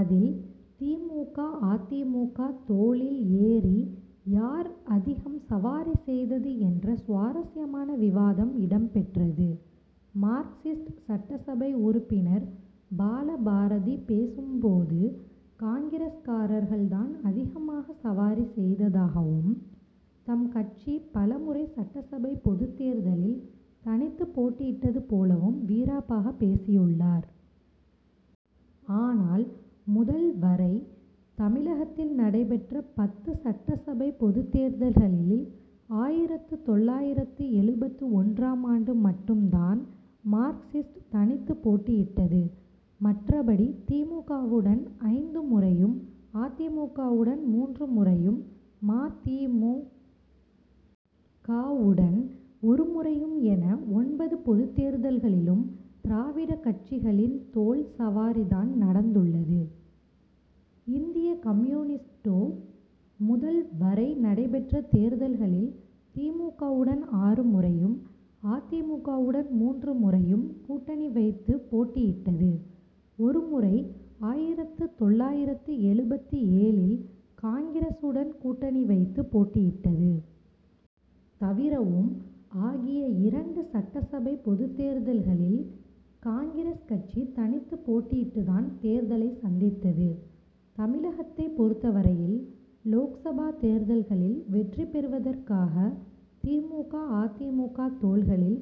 அதில், தி. மு. க., அ. தி. மு. க., தோளில் ஏறி, யார் அதிகம் சவாரி செய்தது என்ற சுவாரசியமான விவாதம் இடம்பெற்றது. மார்க்சிஸ்ட் சட்டசபை உறுப்பினர் பாலபாரதி பேசும்போது, காங்கிரஸ்காரர்கள் தான் அதிகமாக சவாரி செய்ததாகவும், தம்கட்சி பலமுறை சட்டசபை பொதுத்தேர்தலில், தனித்து போட்டியிட்டது போலவும் வீராப்பாக பேசியுள்ளார். ஆனால், முதல், வரை, தமிழகத்தில் நடைபெற்ற பத்து சட்டசபை பொதுத் தேர்தல்களில், ஆயிரத்து தொள்ளாயிரத்து எழுபத்து ஒன்றாம் ஆண்டு மட்டும்தான் மார்க்சிஸ்ட் தனித்து போட்டியிட்டது. மற்றபடி, தி. மு. க.,வுடன் ஐந்து முறையும், அ. தி. மு. க.,வுடன் மூன்று முறையும், ம. தி. மு. க.,வுடன் ஒருமுறையும் என, ஒன்பது பொதுத் தேர்தல்களிலும், திராவிடக் கட்சிகளின், தோள் சவாரி தான் நடந்துள்ளது. இந்திய கம்யூனிஸ்டோ, முதல், வரை நடைபெற்ற தேர்தல்களில், தி. மு. க.,வுடன் ஆறு முறையும், அ. தி. மு. க.,வுடன் மூன்று முறையும் கூட்டணி வைத்து போட்டியிட்டது. ஒரு முறை, ஆயிரத்து தொள்ளாயிரத்து எழுபத்து ஏழில், காங்கிரஸ் உடன் கூட்டணி வைத்து போட்டியிட்டது. தவிரவும், ஆகிய இரண்டு சட்டசபை பொதுத் தேர்தல்களில், காங்கிரஸ் கட்சி தனித்து போட்டியிட்டுதான் தேர்தலை சந்தித்தது. தமிழகத்தை பொறுத்த வரையில், லோக்சபா தேர்தல்களில், வெற்றி பெறுவதற்காக, தி. மு. க., அ. தி. மு. க., தோள்களில்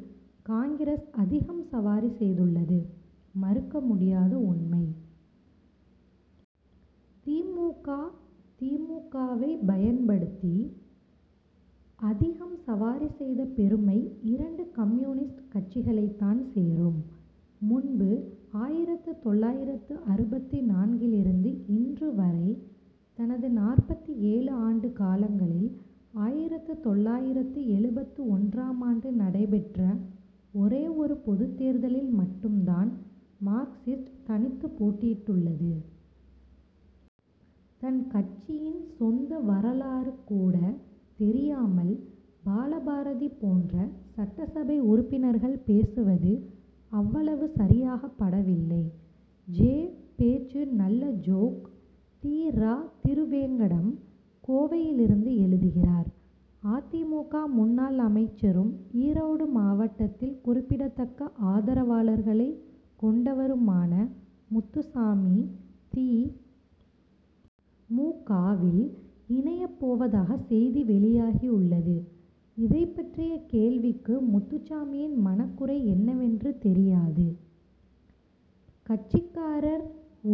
காங்கிரஸ் அதிகம் சவாரி செய்துள்ளது, மறுக்க முடியாத உண்மை. தி. மு. க., தி. மு. க.,வை பயன்படுத்தி, அதிகம் சவாரி செய்த பெருமை, இரண்டு கம்யூனிஸ்ட் கட்சிகளைத் தான் சேரும். முன்பு ஆயிரத்து தொள்ளாயிரத்து அறுபத்து நான்கிலிருந்து, இன்று வரை, தனது நாற்பத்து ஏழு ஆண்டு காலங்களில், ஆயிரத்து தொள்ளாயிரத்து எழுபத்து ஒன்றாம் ஆண்டு நடைபெற்ற ஒரே ஒரு பொதுத் தேர்தலில் மட்டும் தான், மார்க்சிஸ்ட் தனித்து போட்டியிட்டுள்ளது. தன் கட்சியின் சொந்த வரலாறு கூட தெரியாமல், பாலபாரதி போன்ற சட்டசபை உறுப்பினர்கள் பேசுவது, அவ்வளவு சரியாகப்படவில்லை. ஜெ., பேச்சு நல்ல ஜோக் தி. ரா. திருவேங்கடம், கோவையிலிருந்து எழுதுகிறார் அ. தி. மு. க., முன்னாள் அமைச்சரும், ஈரோடு மாவட்டத்தில் குறிப்பிடத் தக்க ஆதரவாளர்களை கொண்டவருமான முத்துசாமி, தி. மு. க.,வில் இணைய போவதாக செய்தி வெளியாகியுள்ளது. இதைப்பற்றிய கேள்விக்கு, முத்துசாமியின் மனக்குறை என்னவென்று தெரியாது; கட்சிக்காரர்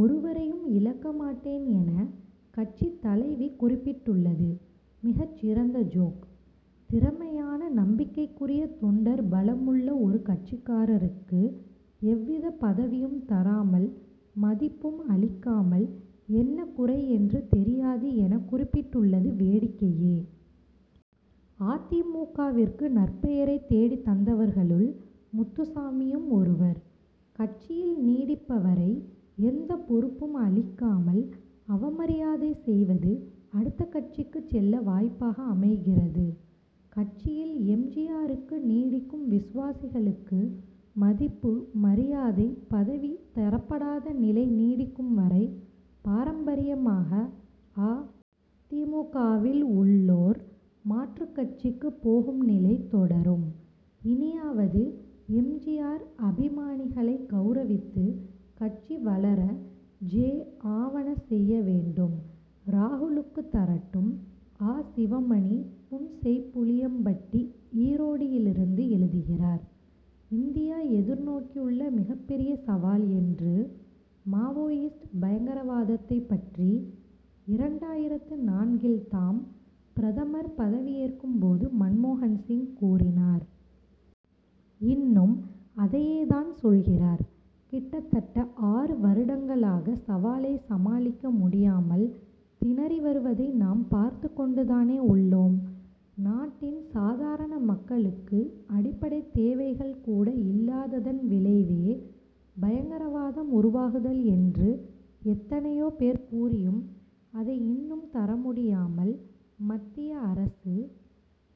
ஒருவரையும் இழக்க மாட்டேன் என, கட்சித்தலைவி குறிப்பிட்டுள்ளது, மிகச் சிறந்த ஜோக். திறமையான, நம்பிக்கைக்குரிய தொண்டர் பலமுள்ள ஒரு கட்சிக்காரருக்கு, எவ்வித பதவியும் தராமல், மதிப்பும் அளிக்காமல், என்ன குறை என்று தெரியாது எனக் குறிப்பிட்டுள்ளது வேடிக்கையே! அ. தி. மு. க.,விற்கு நற்பெயரை தேடித் தந்தவர்களுள் முத்துசாமியும் ஒருவர். கட்சியில் நீடிப்பவரை, எந்தப் பொறுப்பும் அளிக்காமல் அவமரியாதை செய்வது, அடுத்த கட்சிக்கு செல்ல வாய்ப்பாக அமைகிறது. கட்சியில் எம். ஜி. ஆருக்கு நீடிக்கும் விசுவாசிகளுக்கு, மதிப்பு, மரியாதை, பதவி தரப்படாத நிலை நீடிக்கும் வரை, பாரம்பரியமாக அ. தி. மு. க., வில் உள்ளோர், மாற்றுக் கட்சிக்கு போகும் நிலை தொடரும். இனியாவது எம். ஜி. ஆர் அபிமானிகளை கவுரவித்து, கட்சி வளர ஜெ., ஆவன செய்ய வேண்டும்! ராகுலுக்கு தரட்டும் ஆ. சிவமணி, புன்செய்ப்புளியம்பட்டி, ஈரோடியிலிருந்து எழுதுகிறார் இந்தியா எதிர்நோக்கியுள்ள மிகப்பெரிய சவால் என்று, மாவோயிஸ்ட் பயங்கரவாதத்தை பற்றி, இரண்டாயிரத்து நான்கில் தாம் பிரதமர் பதவி ஏற்கும் போது மன்மோகன்சிங் கூறினார். இன்னும் அதையே தான் சொல்கிறார். கிட்டத்தட்ட ஆறு வருடங்களாக, சவாலை சமாளிக்க முடியாமல் திணறி வருவதை நாம் பார்த்து கொண்டு தானே உள்ளோம். நாட்டின் சாதாரண மக்களுக்கு, அடிப்படைத் தேவைகள் கூட இல்லாததன் விளைவே, பயங்கரவாதம் உருவாகுதல் என்று எத்தனையோ பேர் கூறியும், அதை இன்னும் தரமுடியாமல், மத்திய அரசு